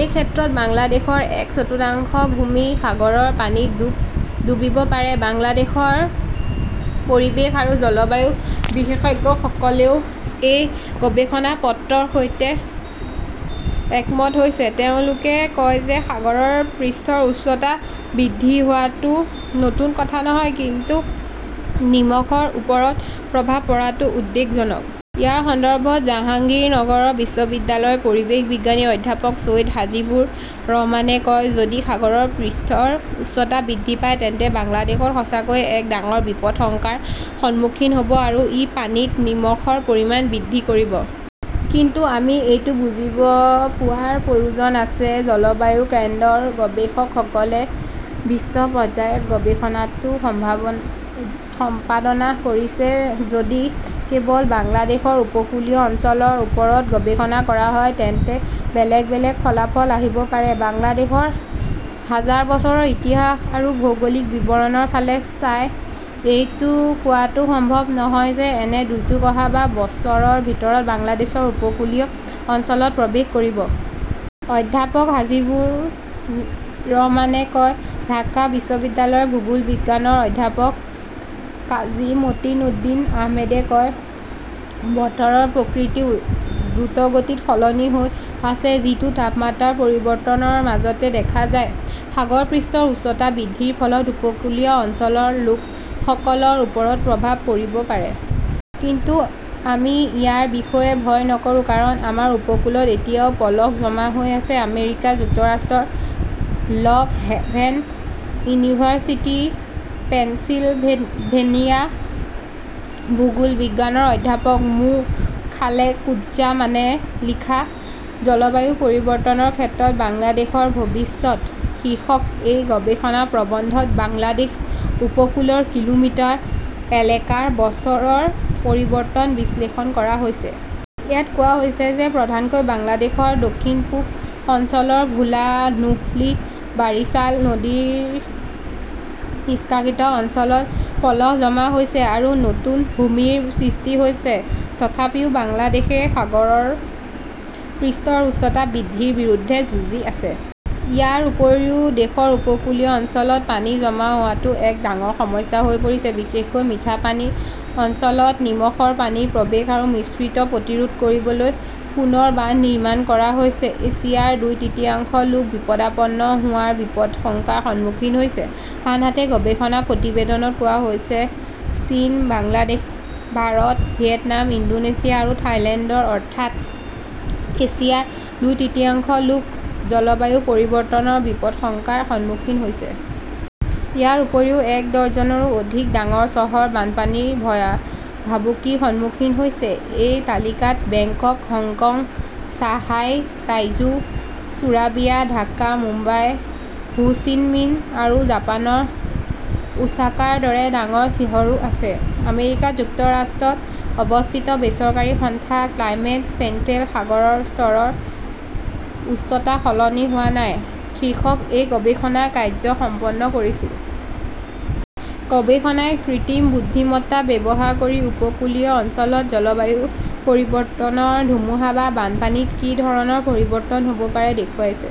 এই ক্ষেত্ৰত বাংলাদেশৰ এক চতুৰ্থাংশ ভূমি সাগৰৰ পানীত ডুব ডুবিব পাৰে। বাংলাদেশৰ পৰিৱেশ আৰু জলবায়ু বিশেষজ্ঞসকলেও এই গৱেষণা পত্ৰৰ সৈতে একমত হৈছে। তেওঁলোকে কয় যে সাগৰৰ পৃষ্ঠৰ উচ্চতা বৃদ্ধি হোৱাটো নতুন কথা নহয় কিন্তু নিমখৰ ওপৰত প্ৰভাৱ পৰাটো উদ্বেগজনক। ইয়াৰ সন্দৰ্ভত জাহাংগীৰনগৰ বিশ্ববিদ্যালয়ৰ পৰিৱেশ বিজ্ঞানৰ অধ্যাপক চৈয়দ হাজিবুৰ ৰহমানে কয়, "যদি সাগৰৰ পৃষ্ঠৰ উচ্চতা বৃদ্ধি পায় তেন্তে বাংলাদেশ সঁচাকৈয়ে এক ডাঙৰ বিপদশংকাৰ সন্মুখীন হ" ব আৰু ই পানীত নিমখৰ পৰিমাণ বৃদ্ধি কৰিব। কিন্তু আমি এইটো বুজিব পোৱাৰ প্ৰয়োজন আছে, জলবায়ু কেন্দ্ৰৰ গৱেষকসকলে বিশ্ব পৰ্যায়ত গৱেষণাটো সম্বাভ সম্পাদনা কৰিছে। যদি কেৱল বাংলাদেশৰ উপকূলীয় অঞ্চলৰ ওপৰত গৱেষণা কৰা হয়, তেন্তে বেলেগ বেলেগ ফলাফল আহিব পাৰে। "বাংলাদেশৰ হাজাৰ বছৰৰ ইতিহাস আৰু ভৌগোলিক বিৱৰণৰ ফালে চাই, এইটো কোৱাটো সম্ভৱ নহয় যে এনে দুৰ্যোগ অহা বা বছৰৰ ভিতৰত বাংলাদেশৰ উপকূলীয় অঞ্চলত প্ৰৱেশ কৰিব।" অধ্যাপক হাজিবুৰ ৰহমানে কয়। ঢাকা বিশ্ববিদ্যালয়ৰ ভূগোল বিঙানৰ অধ্যাপক কাজী মতিন উদ্দীন আহমেদে কয়, বতৰৰ প্ৰকৃতি দ্ৰুতগতিত সলনি হৈ আছে যিটো তাপমাত্ৰাৰ পৰিৱৰ্তনৰ মাজতে দেখা যায়। সাগৰ পৃষ্ঠৰ উচ্চতা বৃদ্ধিৰ ফলত উপকূলীয় অঞ্চলৰ লোকসকলৰ ওপৰত প্ৰভাৱ পৰিব পাৰে। কিন্তু আমি ইয়াৰ বিষয়ে ভয় নকৰো কাৰণ আমাৰ উপকূলত এতিয়াও পলস জমা হৈ আছে। "আমেৰিকা যুক্তৰাষ্ট্ৰৰ" লক হেভেন ইউনিভাৰ্চিটি পেনচিলভেভেনিয়া "ৰ ভূগোল বিভাগৰ অধ্যাপক মো. খালেকুজ্জামানে লিখা "জলবায়ু পৰিৱৰ্তনৰ ক্ষেত্ৰত বাংলাদেশৰ ভৱিষ্যত" শীৰ্ষক এই গৱেষণা প্ৰবন্ধত বাংলাদেশ উপকূলৰ কিলোমিটাৰ এলেকাৰ বছৰৰ পৰিৱৰ্তন বিশ্লেষণ কৰা হৈছে। ইয়াত কোৱা হৈছে যে প্ৰধানকৈ বাংলাদেশৰ দক্ষিণ-পূব অঞ্চলৰ ভোলা, নোহলী বাৰিছাল নদীৰ নিষ্কাশিত অঞ্চলত পলস জমা হৈছে আৰু নতুন ভূমিৰ সৃষ্টি হৈছে। তথাপিও বাংলাদেশই সাগৰ পৃষ্ঠৰ উচ্চতা বৃদ্ধিৰ বিৰুদ্ধে যুঁজি আছে। ইয়াৰ উপৰিও, দেশৰ উপকূলীয় অঞ্চলত পানী জমা হোৱাটো এক ডাঙৰ সমস্যা হৈ পৰিছে। বিশেষকৈ মিঠা পানীৰ অঞ্চলত নিমখৰ পানীৰ প্ৰৱেশ আৰু মিশ্ৰিত প্ৰতিৰোধ কৰিবলৈ পুনৰ বান্ধ নিৰ্মাণ কৰা হৈছে। এছিয়াৰ দুই তৃতীয়াংশ লোক বিপদাপন্ন হোৱাৰ বিপদাশংকাৰ সন্মুখীন হৈছে, আনহাতে গৱেষণা প্ৰতিবেদনত কোৱা হৈছে-চীন, বাংলাদেশ, ভাৰত, ভিয়েটনাম, ইণ্ডোনেছিয়া আৰু থাইলেণ্ডৰ অৰ্থাৎ এছিয়াৰ দুই তৃতীয়াংশ লোক জলবায়ু পৰিৱৰ্তনৰ বিপদাশংকাৰ সন্মুখীন হৈছে। ইয়াৰ উপৰিও এক ডজনৰো অধিক ডাঙৰ চহৰ বানপানীৰ ভয়া ভাবুকিৰ সন্মুখীন হৈছে। এই তালিকাত Bangkok, Hong Kong, Shanghai, Taizhou, Surabaya, Dhaka, Mumbai, Ho Chi মিন আৰু জাপানৰ ওছাকাৰ দৰে ডাঙৰ চিহৰো আছে। আমেৰিকা যুক্তৰাষ্ট্ৰত অৱস্থিত বেচৰকাৰী সংস্থা ক্লাইমেট চেণ্ট্ৰেলে "সাগৰৰ স্তৰৰ উচ্চতা সলনি হোৱা নাই" শীৰ্ষক এই গৱেষণা কাৰ্য্য সম্পন্ন কৰিছিল। গৱেষণাই কৃত্ৰিম বুদ্ধিমত্তা ব্যৱহাৰ কৰি উপকূলীয় অঞ্চলত জলবায়ু পৰিৱৰ্তনৰ ধুমুহা বা বানপানীত কি ধৰণৰ পৰিৱৰ্তন হ'ব পাৰে দেখুৱাইছে।